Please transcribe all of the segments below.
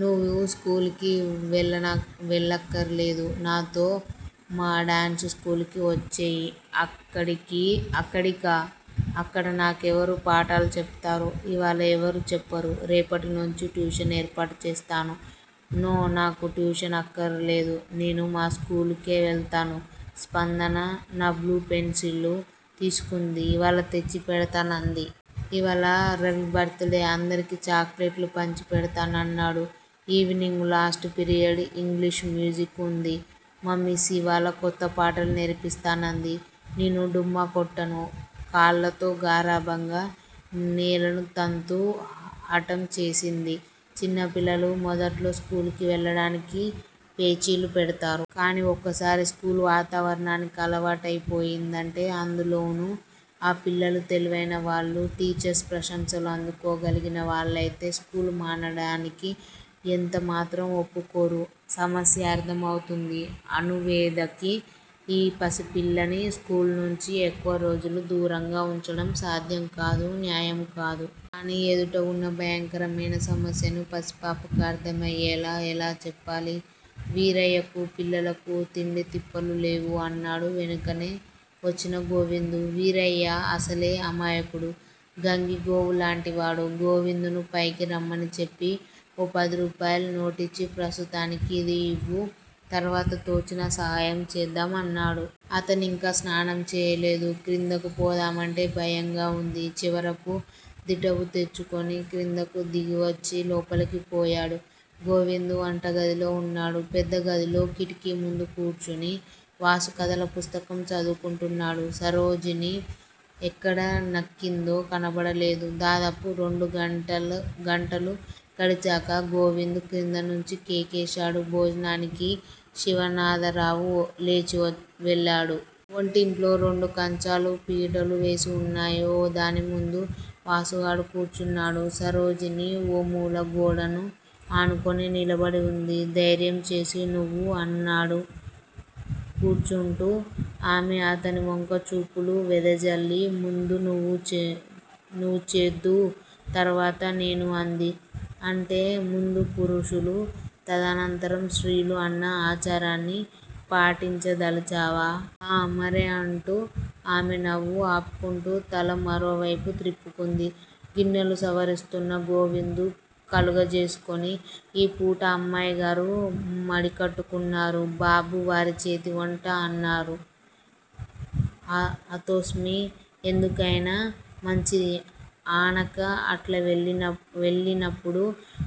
నువు స్కూలుకి వెళ్ళక్కరాలేదు. నాతో మాడాన్సు స్కూలుకి వచ్చేయి. అక్కడికా! అక్కడ నాకెవరు పాటాలు చెప్తారు? ఇవాళ ఎవరూ చెప్పరు. రేపటినుంచి ట్యుషన్ ఏర్పాటు చేస్తాను. నో నాకు ట్యుషను అక్కరలేదు. నేను మా స్కూలుకె వెళ్తాను. స్పందన నా బ్లూ పెన్సిలు తీసుకుంది. ఇవాళ తెచ్చి పెడ్తానంది. ఇవాళ రవి బర్త్ డే అందరికి చాక్లెట్లు పంచి పెడ్తానన్నాడు. Evening last period English music వుంది. మా మిస్ యివాళ కొత్త పాటలు నేర్పిస్తానంది. నేను డుమ్మా కొట్టను. కాళ్ళతో గారాబంగా నేలను తంతూ హటం చేసింది. చిన్నపిలలు మొదట్లో స్కూలుకి వెళ్ళడానికి పేచీలు పెడ్తారు. కాని ఒక్కసారి స్కూలు వాతావరణానికి అలావాటైపోయిందంటే అందులోను ఆ పిల్లలు తెలివైన వాళ్ళు టీచర్స్ ప్రశంసలు అందుకోగలిగిన వాళ్ళయితే స్కూలు మానడానికి యెంత మాత్రం వొప్పుకోరు. సమస్య అర్ధమౌతుంది అణువేదకి. ఈ పసిపిల్లని స్కూలు నించి ఎక్కువ రోజులు దూరంగా వుంచడం సాధ్యం కాదు. న్యాయము కాదు. కాని ఎదుట వున్న భయంకరమైన సమస్యని పసిపాపకి అర్ధమయ్యేలా ఎలా చెప్పాలి? వీరయ్యకూ, పిల్లలకూ తిండీతిప్పలు లేవు అన్నాడు వెనుకనే వచ్చిన గోవిందు. వీరయ్య అసలే అమాయకుడు, గంగిగోవులాంటివాడు గోవిందును పైకి రమ్మని చెప్పి, ఓ పదిరూపాయల నోటిచ్చి ప్రస్తుతానికి యిది యివ్వు తర్వాత తోచిన సహాయం చేద్దాం అన్నాడు. అతనింకా స్నానం చేయలేదు. క్రిందకు పోదామంటే భయంగా వుంది. చివరకు దిటవు తెచ్చుకుని క్రిందకు దిగివచ్చి, లోపలకు పోయాడు. గోవిందు వంటగదిలో వున్నాడు. పెద్దగదిలో కిటికీముందు కూర్చుని వాసు కథలపుస్తకం చదువుకుంటున్నాడు. సరోజిని ఎక్కడ నక్కిందో కనబడలేదు. దాదాపు రెండుగంటలు గడిచాక గోవిందు క్రిందనుంచి కేకేశాడు భోజనానికి శివనాథరావు లేచివెళ్ళాడు. వంటయింట్లో రెండు కంచాలూ, పీటలూ వేసివున్నాయి. ఓ దానిముందు వాసుగాడు కూర్చున్నాడు. సరోజిని ఓ మూల గోడను ఆనుకుని నిలబడివుంది ధైర్యం చేసి. నువ్వూ? అన్నాడు కూర్చుంటూ. ఆమె అతనివంక చూపులు వెదజల్లి ముందు నువ్వు చేద్దూ, తర్వాత నేను అంది. అంటే ముందు పురుషులు, తదనంతరం స్త్రీలు అన్న ఆచారాన్ని పాటించదలచావా? ఆఁ మరే అంటూ ఆమె నవ్వు ఆపుకుంటూ తల మరోవైపుకి త్రిప్పుకుంది. గిన్నెలు సవరిస్తోన్న గోవిందు కలుగజేసుకొని ఈ పూట అమ్మాయిగారు మడికట్టుకున్నారు బాబూ వారి చేతివంట అన్నాడు. హతోస్మి! ఎందుకైనా మంచిది, ఆనక అట్లా వెళ్ళినప్పుడు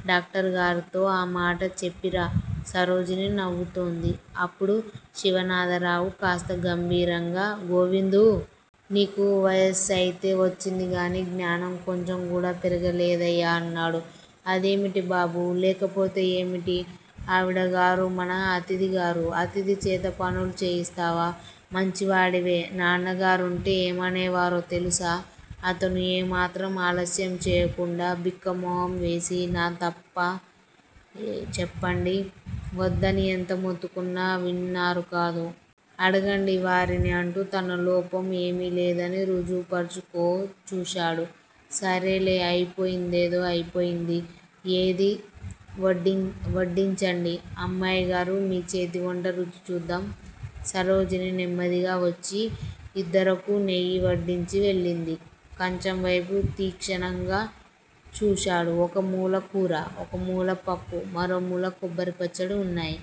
డాక్టరుగారితో ఆమాట చెప్పిరా. సరోజిని నవ్వుతోంది. అప్పుడు శివనాథరావు కాస్త గంభీరంగా గోవిందూ! నీకు వయస్సయితే వచ్చిందిగానీ జ్ఞానం కొంచెంకూడా పెరగలేదయ్యా అన్నాడు. అదేమిటి బాబూ? లేకపోతే ఏమిటి? ఆవిడగారు మన అతిధిగారు అతిథిచేత పనులు చేయిస్తావా? మంచివాడివే నాన్నగారుంటే ఏమనేవారో తెలుసా? అతను ఏమాత్రం ఆలస్యం చెయ్యకుండా బిక్కమొహం వేసి నా తప్పా చెప్పండి? వద్దని ఎంత మొత్తుకున్నా విన్నారు కాదు. అడగండి వారిని అంటూ తన లోపం ఏమీలేదని రుజువు పరచుకోచూశాడు. సరేలే అయిపోయిందేదో అయిపోయింది. ఏదీ? వడ్డించండి అమ్మాయిగారూ మీ చేతివంట రుచిచూద్దాం. సరోజిని నెమ్మదిగా వచ్చి యిద్దరకూ నెయ్యి వడ్డించి వెళ్ళింది. కంచంవైపు తీక్షణంగా చూశాడు. ఒకమూల కూర, ఒకమూల పప్పు, మరోమూల కొబ్బరి పచ్చడీ వున్నాయి.